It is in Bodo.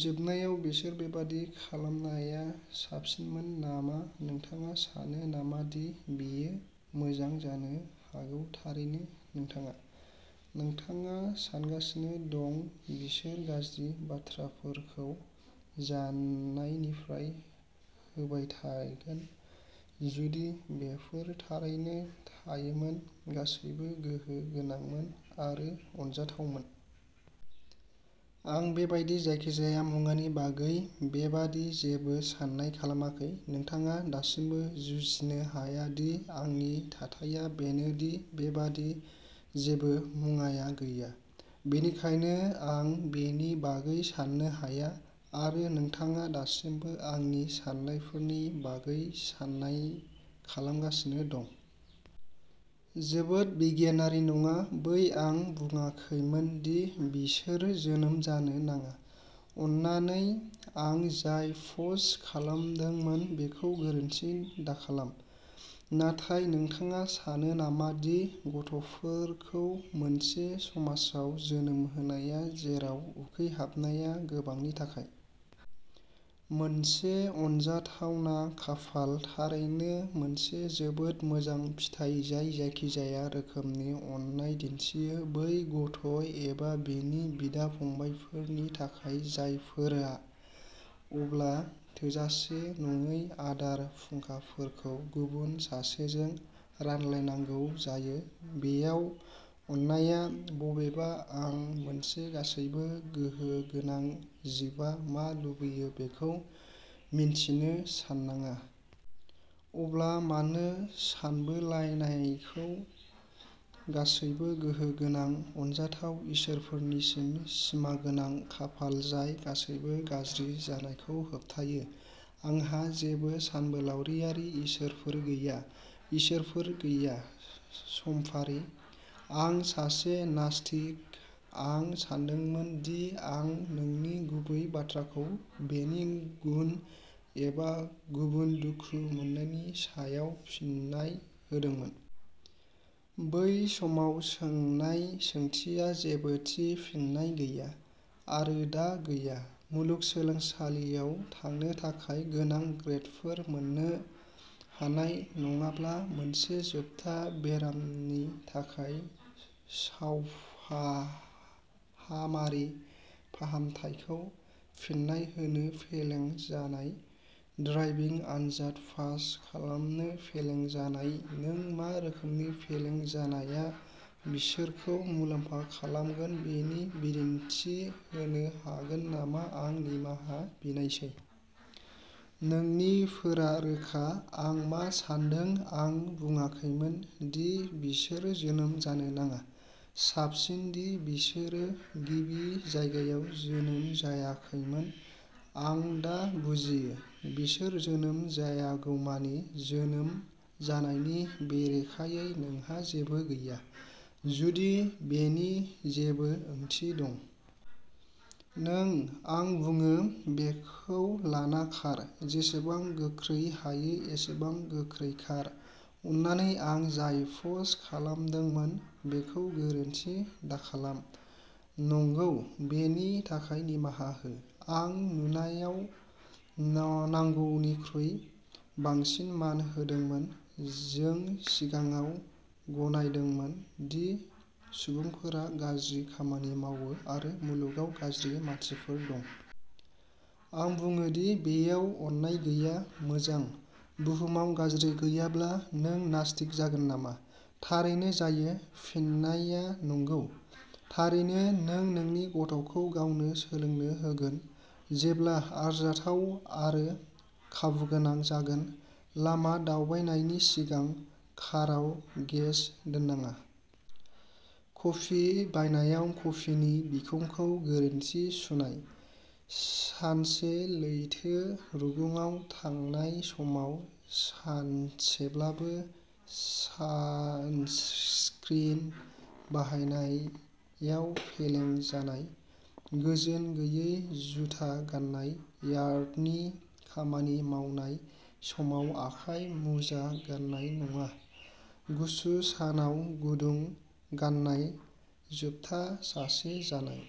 जोबनायाव बिसोर बेबादि खालामनाया साबसिनमोन नामा नोंथाङा सानो नामा दि बेयो मोजां जानो हागौ थारैनो नोंथाङा। नोंथाङा सानगासिनो दि बिसोर गाज्रि बाथ्राफोरखौ जानायनिफ्राय होबथायगोन जुदि बेफोर थारैनो थायोमोन, गासैबो गोहो गोनांमोन आरो अनजाथावमोन। आं बेबादि जायखिजाया मुवानि बागै बेबादि जेबो सान्नाय खालामाखै। नोंथाङा दासिमबो बुजिनो हाया दि आंनि थाथाया बेनो दि बेबादि जेबो मुवाया गैया, बेनिखायनो आं बेनि बागै सान्नो हाया। आरो नोंथाङा दासिमबो आंनि सान्नायफोरनि बागै सान्नाय खालामगासिनो दं। जोबोद बिगियानारि नङा, बै आं बुंङाखैमोन दि बिसोर जोनोम जानो नाङा। अन्नानै आं जाय पस्ट खालामदोंमोन बेखौ गोरोन्थि दाखालाम। नाथाय नोंथाङा सानो नामा दि गथ'फोरखौ मोनसे समाजाव जोनोम होनाया जेराव उखैहाबनाया गोबांनि थाखाय मोनसे जाथावना खाफाल, थारैनो मोनसे जोबोद मोजां फिथाय जाय जायखिजाया रोखोमनि अननाय दिन्थियो बै गथ' एबा बिनि बिदा-फंबायफोरनि थाखाय, जायफोरा अब्ला थोजासे नङै आदार फुंखाफोरखौ गुबुन सासेजों रानलायनांगौ जायो बेयाव अननायआ बबेयाव आं मोनसे गासैबो गोहो गोनां जिबआ मा लुबैयो बेखौ मिन्थिनो साननाङा। अब्ला मानो सानबोलायनायखौ गासैबो गोहो गोनां, अनजाथाव इसोरफोरसिम सिमागोनां खालाम जाय गासैबो गाज्रि जानायखौ होबथायो आंहा जेबो सानबोलावरियारि इसोरफोर गैया। इसोरफोर गैया। समफारि। आं सासे नास्तिक। आं सानदोंमोन दि आं नोंनि गुबै बाथ्राखौ बेनि गुन एबा गुबुन दुखु मोन्नायनि सायाव फिन्नाय होदोंमोन। बै समाव सोंनाय सोंथियाव जेबो थि फिननाय गैया। आरो दा गैया। मुलुगसोलोंसालियाव थांनो थाखाय गोनां ग्रेदफोर मोन्नो हानाय नङाब्ला मोनसे जोबथा बेरामनि थाखाय सावफाहामारि फाहामथायखौ फिन्नाय होनो फेलें जानाय ड्राइभिं आनजाद पास खालामनो फेलें जानाय नों मा रोखोमनि फेलें जानाया बिसोरखौ मुलाम्फा खालामगोन बेनि बिदिन्थि होनो हागोन नामा आं निमाहा बिनायसै। नोंनिफोरा रोखा। आं मा सान्दों आं बुंङाखैमोन दि बिसोर जोनोम जानो नाङा। साबसिन दि बिसोरो गिबि जायगायाव जोनोम जायाखैमोन। आं दा बुजियो। बिसोर जोनोम जायागौमानि जोनोम जानायनि बेरेखायै नोंहा जेबो गैया। जुदि बेनि जेबो ओंथि दं। नों, आं बुङो, बेखौ लाना खार, जेसेबां गोख्रै हायो एसेबां गोख्रै खार। अन्नानै आं जाय पस्ट खालामदोंमोन बेखौ गोरोन्थि दाखालाम। नंगौ, बेनि थाखाय निमाहा हो। आं नुनायाव नां-नांगौनिख्रुइ बांसिन मान होदोंमोन। जों सिगाङाव गनायदोंमोन दि सुबुंफोरा गाज्रि खामानि मावो आरो मुलुगाव गाज्रि मानसिफोर दं। आं बुङो दि बेयाव अननाय गैया। मोजां। बुहुमाव गाज्रि गैयाब्ला, नों नास्तिक जागोन नामा? थारैनो जायो। फिननाया नंगौ। थारैनो नों नोंनि गथ'खौ गावनो सोलोंनो होगोन, जेब्ला आरजाथाव आरो खाबुगोनां जागोन। लामा दावबायनायनि सिगां काराव गेस दोनाङा। कफि बानायनायाव कफिनि बिखंखौ गोरोन्थि सुनाय। सानसे लैथो रुगुङाव थानाय समाव सानसेब्लाबो सानस्क्रिन बाहायनायाव फेलें जानाय। गोजोन गैयै जुता गान्नाय। यार्डनि खामानि मावनाय समाव आखाइ मुजा गान्नाय नङा। गुसु सानाव गुदुं गाननाय। जोबथा सासे जानाय।